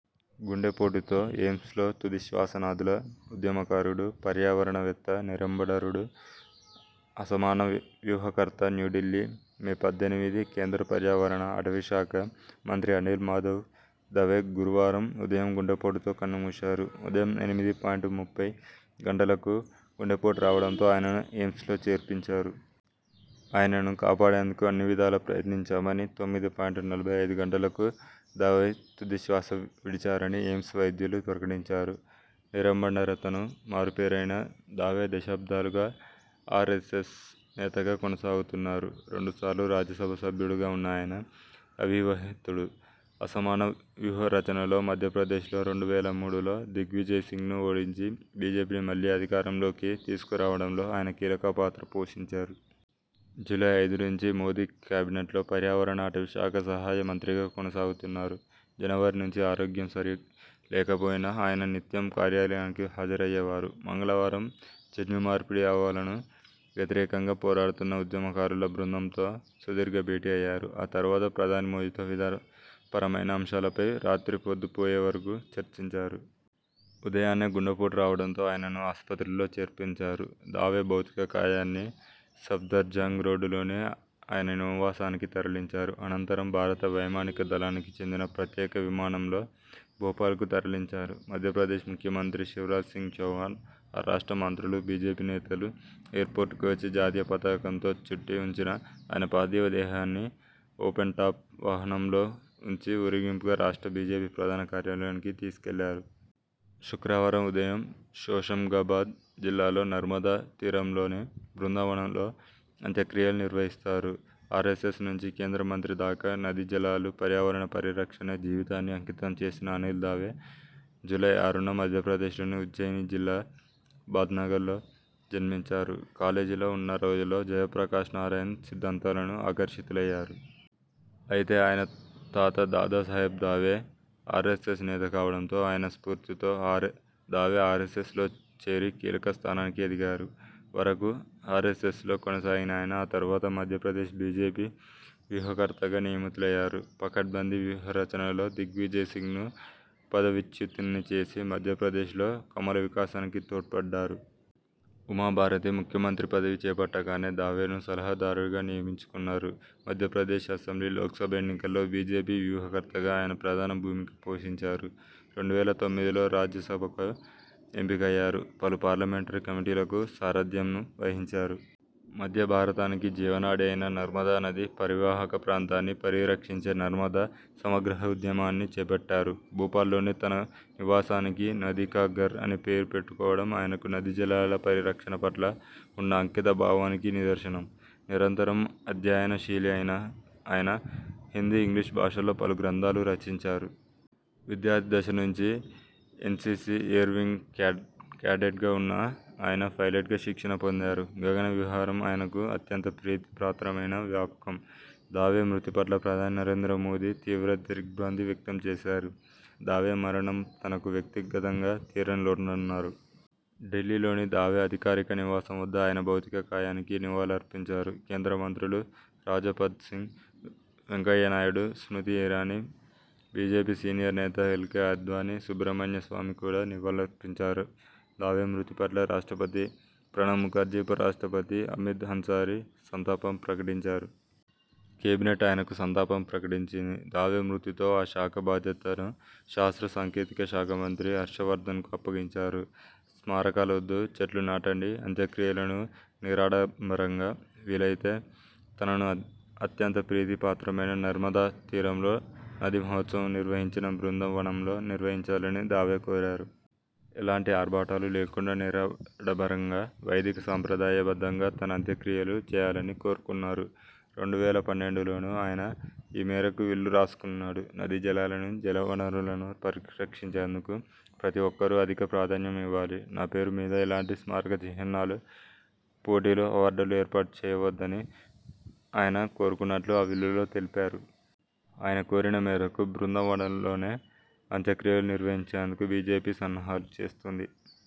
గుండెపోటుతో ఎయిమ్స్లో తుదిశ్వాసనదుల ఉద్యమకారుడు, పర్యావరణవేత్త నిరాడంబరుడు.. అసమాన వ్యూహకర్త న్యూఢిల్లీ, మే పద్దెనిమిది కేంద్ర పర్యావరణ, అటవీ శాఖ మంత్రి అనిల్ మాధవ్ దవే గురువారం ఉదయం గుండెపోటుతో కన్నుమూశారు. ఉదయం ఎనిమిది పాయింట్ ముప్పై గంటలకు గుండెపోటు రావడంతో ఆయనను ఎయిమ్స్లో చేర్పించారు. ఆయనను కాపాడేందుకు అన్నివిధాలా ప్రయత్నించామని, తొమ్మిది పాయింట్ నలభై ఐదు గంటలకు దవే తుదిశ్వాస విడిచారని ఎయిమ్స్ వైద్యులు ప్రకటించారు. నిరాడంబరతకు మారుపేరైన దవే దశాబ్దాలుగా ఆర్ఎ్సఎస్ నేతగా కొనసాగుతున్నారు. రెండు సార్లు రాజ్యసభ సభ్యుడిగా ఉన్న ఆయన అవివాహితుడు. అసమాన వ్యూహరచనతో మధ్య ప్రదేశ్ లో రెండు వేల మూడులో దిగ్విజయ్ సింగ్ను ఓడించి, బీజేపీని మళ్లీ అధికారం లోకి తీసుకు రావడంలో ఆయన కీలక పాత్ర పోషించారు. జూలై ఐదు నుంచి మోదీ కేబినెట్లో పర్యావరణ, అటవీ శాఖ సహాయ మంత్రిగా కొనసాగుతున్నారు. జనవరి నుంచి ఆరోగ్యం సరిగా లేకపోయినా ఆయన నిత్యం కార్యాలయానికి హాజరయ్యేవారు. మంగళవారం జన్యుమార్పిడి ఆవాలకు వ్యతిరేకంగా పోరాడుతున్న ఉద్యమకారుల బృందంతో సుదీర్ఘ భేటీ అయ్యారు. ఆ తరవాత ప్రధాని మోదీతో విధాన పరమైన అంశాలపై రాత్రి పొద్దు పోయే వరకు చర్చించారు. ఉదయాన్నే గుండెపోటు రావడంతో ఆయనను ఆస్పత్రిలో చేర్పించారు. దవే భౌతిక కాయాన్ని సఫ్దర్జంగ్ రోడ్డులోని ఆయన నివాసానికి తరలించారు. అనంతరం భారత వైమానిక దళానికి చెందిన ప్రత్యేక విమానంలో భోపాల్కు తరలించారు. మధ్యప్రదేశ్ ముఖ్య మంత్రి శివరాజ్సింగ్ చౌహాన్, ఆ రాష్ట్ర మంత్రులు, బీజేపీ నేతలు ఎయిర్పోర్టుకు వచ్చి, జాతీయ పతాకంలో చుట్టి ఉంచిన ఆయన పార్థివ దేహా న్ని ఓపెన్టాప్ వాహనంలో ఉంచి ఊరేగింపుగా రాష్ట్ర బీజేపీ ప్రధాన కార్యాలయానికి తీసుకెళ్లారు. శుక్రవారం ఉదయం హోషంగాబాద్ జిల్లాలో నర్మదా తీరంలోని బృందావనలో అంత్యక్రియలు నిర్వహిస్తారు. ఆర్ఎస్ఎస్ నుంచి కేంద్ర మంత్రి దాకా నదీ జలాలు, పర్యావరణ పరిరక్షణకే జీవితాన్ని అంకితం చేసిన అనిల్ దవే జూలై ఆరున మధ్యప్రదేశ్ లోని ఉజ్జయిన జిల్లా బాద్నగర్లో జన్మించారు. కాలేజీలో ఉన్న రోజుల్లో జయప్రకాశ నారాయణ్ సిద్ధాంతాలకు అకర్షితులయ్యారు. అయితే, ఆయన తాత దాదాసాహెబ్ దవే ఆర్ఎస్ఎస్ నేత కావడంతో ఆయన స్ఫూర్తితో దవే ఆర్ఎ్సఎ్సలో చేరి కీలక స్థానానికి ఎదిగారు. వరకు ఆర్ఎ్సఎ్సలో కొనసాగిన ఆయన ఆ తరువాత మధ్యప్రదేశ్ బీజేపీ వ్యూహకర్తగా నియమితులయ్యారు. పకడ్బందీ వ్యూహరచనతో దిగ్విజయ్ సింగ్ను పదవీచ్యుతుణ్ని చేసి, మధ్యప్రదేశ్ లో కమల వికాసానికి తోడ్పడ్డారు. ఉమా భారతి ముఖ్య మంత్రి పదవి చేపట్టగానే దవేను సలహాదారుగా నియమించుకున్నారు. మధ్య ప్రదేశ్ అసెంబ్లీ, లోక్సభ ఎన్నికల్లో బీజేపీ వ్యూహ కర్తగా ఆయన ప్రధాన భూమిక పోషించారు. రెండు వేల తొమ్మిదిలో రాజ్య సభకు ఎంపికయ్యారు. పలు పార్లమెంటరీ కమిటీలకు సారథ్యం వ హించారు. మధ్య భారతానికి జీవనాడి అయిన నర్మదా నది పరీవాహక ప్రాంతాన్ని పరిరక్షించే నర్మద సమగ్రహ ఉద్యమాన్ని చేపట్టారు. భోపాల్లోని తన నివాసానికి నదీ కా ఘర్ అని పేరు పెట్టు కోవడం ఆయనకు నదీ జలాల పరిరక్షణ పట్ల ఉన్న అంకిత భావానికి నిదర్శనం. నిరంతర అధ్యయన శీలి అయిన ఆయన హిందీ, ఇంగ్లిష్ భాషల్లో పలు గ్రంథాలు రచించారు. విద్యార్థి దశ నుంచి ఎన్సీసీ ఎయిర్ వింగ్ క్యాడెట్గా ఉన్న ఆయన పైలెట్గా శిక్షణ పొందారు. గగన విహారం ఆయనకు అత్యంత ప్రీతి పాత్రమైన వ్యాపకం. దవే మృతి పట్ల ప్రధాని నరేంద్ర మోదీ తీవ్ర దిగ్ర్భాంతి వ్యక్తం చేశారు. దవే మరణం తనకు వ్యక్తి గతంగా తీరని లోటన్నారు. ఢిల్లీ లోని దవే అధికారిక నివాసం వద్ద ఆయన భౌతిక కాయానికి నివాళులర్పించారు. కేంద్ర మంత్రులు రాజపద్ సింగ్, వెంకయ్య నాయుడు, స్మృతి ఇరానీ, బీజేపీ సీనియర్ నేత ఎల్కే ఆడ్వాణీ, సుబ్రమణ్య స్వామి కూడా నివాళులర్పించారు దవే మృతి పట్ల రాష్ట్రపతి ప్రణబ్ ముఖర్జీ, ఉప రాష్ట్రపతి హమీద్ అన్సారీ సంతాపం ప్రకటించారు. కేబినెట్ ఆయనకు సంతాపం ప్రకటించింది. దవే మృతితో ఆ శాఖ బాధ్యతలను శాస్త్ర సాంకేతిక శాఖ మంత్రి హర్ష వర్ధన్కు అప్పగించారు. స్మారకాలొద్దు, చెట్లు నాటండి అంత్యక్రియలను నిరాడంబరంగా, వీలయితే తనకు అత్యంత ప్రీతి పాత్రమైన నర్మదా తీరంలో నదీ మహోత్సవం నిర్వహించిన బృందా వనంలో నిర్వహించాలని దవే కోరారు. ఎలాంటి ఆర్భాటాలు లేకుండా నిరాడంబరంగా, వైదిక సంప్రదాయ బద్ధంగా తన అంత్యక్రియలు చేయాలని కోరుకున్నారు. రెండు వేల పన్నెండులోనే ఆయన ఈ మేరకు విల్లు రాసుకున్నారు. 'నదీ జలాలను, జలవనరులను పరిరక్షించేందుకు ప్రతి ఒక్కరూ అధిక ప్రాధాన్యం ఇవ్వాలి. నా పేరు మీద ఎలాంటి స్మారక చిహ్నాలు, పోటీలు, అవార్డులు ఏర్పాటు చేయవద్ద'ని ఆయన కోరుకున్నట్టు ఆ విల్లులో తెలిపారు. ఆయన కోరిక మేరకు, బృందా వనలోనే అత్యక్రియలు నిర్వహించేందుకు బీజేపీ సన్నాహాలు చేస్తోంది.